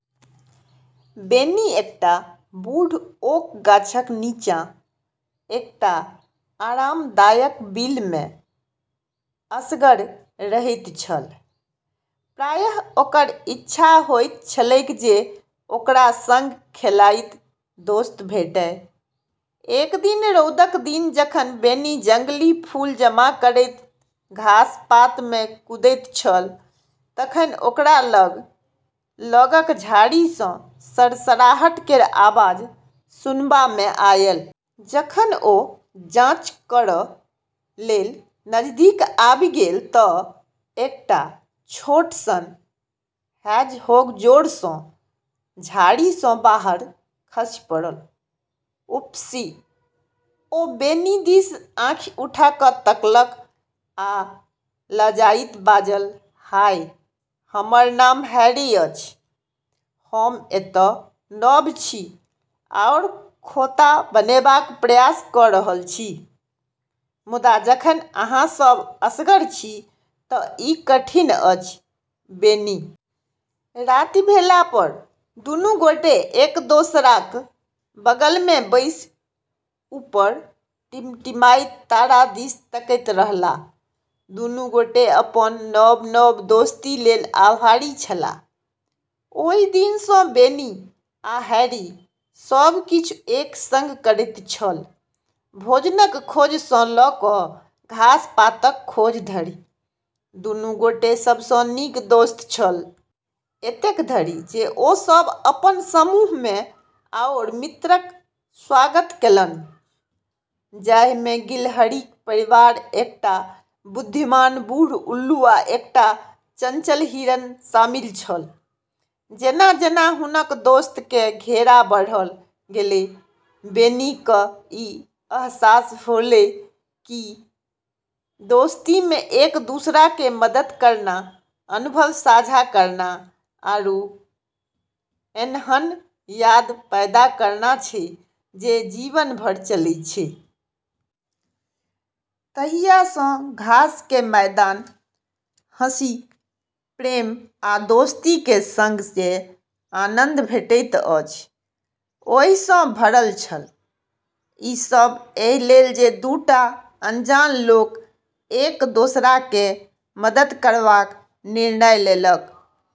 बेनी एकटा बूढ़ ओक गाछक नीचाँ एकटा आरामदायक बिल मे असगर रहैत छल, प्रायः ओकर इच्छा होइत छलैक जे ओकरा संग खेलाइत दोस्त भेटय। एक दिन रौदक दिन जखन बेनी जंगली फूल जमा करैत घास-पात मे कूदैत छल तखन ओकरा लग लगक झाड़ी सँ सरसराहट केर आवाज सुनबा मे आयल। जखन ओ जांच कर' लेल नजदीक आबि गेल त' एकटा छोट सन हेजहोग जोर सँ झाड़ी सँ बाहर खसि पड़ल, "उफसी!" ओ बेनी दिस आँखि उठा क' तकलक आ लजाइत बाजल, "हाय, हमर नाम हैरी अछि, हम एत' नव छी आओर खोंता बनेबाक प्रयास क' रहल छी, मुदा जखन अहाँ सभ असगर छी त' ई कठिन अछि।"बेनी राति भेला पर दुनू गोटे एक दोसराक बगल मे बैसि ऊपर टिमटिमाइत तारा दिस तकैत रहलाह, दुनू गोटे अपन नव-नव दोस्ती लेल आभारी छलाह। ओहि दिन सँ बेनी आ हैरी सब किछु एक संग करैत छल, भोजनक खोज सँ ल' क' घास-पातक खोज धरि, दुनू गोटे सबसँ नीक दोस्त छल। एतेक धरि जे ओ सभ अपन समूह मे आओर मित्रक स्वागत केलनि, जाहि मे गिलहरीक परिवार, एकटा बुद्धिमान बूढ़ उल्लू, आ एकटा चंचल हिरण शामिल छल। जेना-जेना हुनक दोस्त के घेरा बढ़त गेलै, बेनी क ई अहसास होलै कि दोस्ती मे एक-दूसरा के मदद करना, अनुभव साझा करना, आरू ऐन्हन याद पैदा करना छै जे जीवन भर चलै छै। तहिया सँ घास के मैदान हँसी, प्रेम आ दोस्ती के संग जे आनन्द भेटैत अछि, ओहि सँ भरल छल, ई सब एहि लेल जे दू टा अनजान लोक एक दोसरा के मदद करबाक निर्णय लेलक।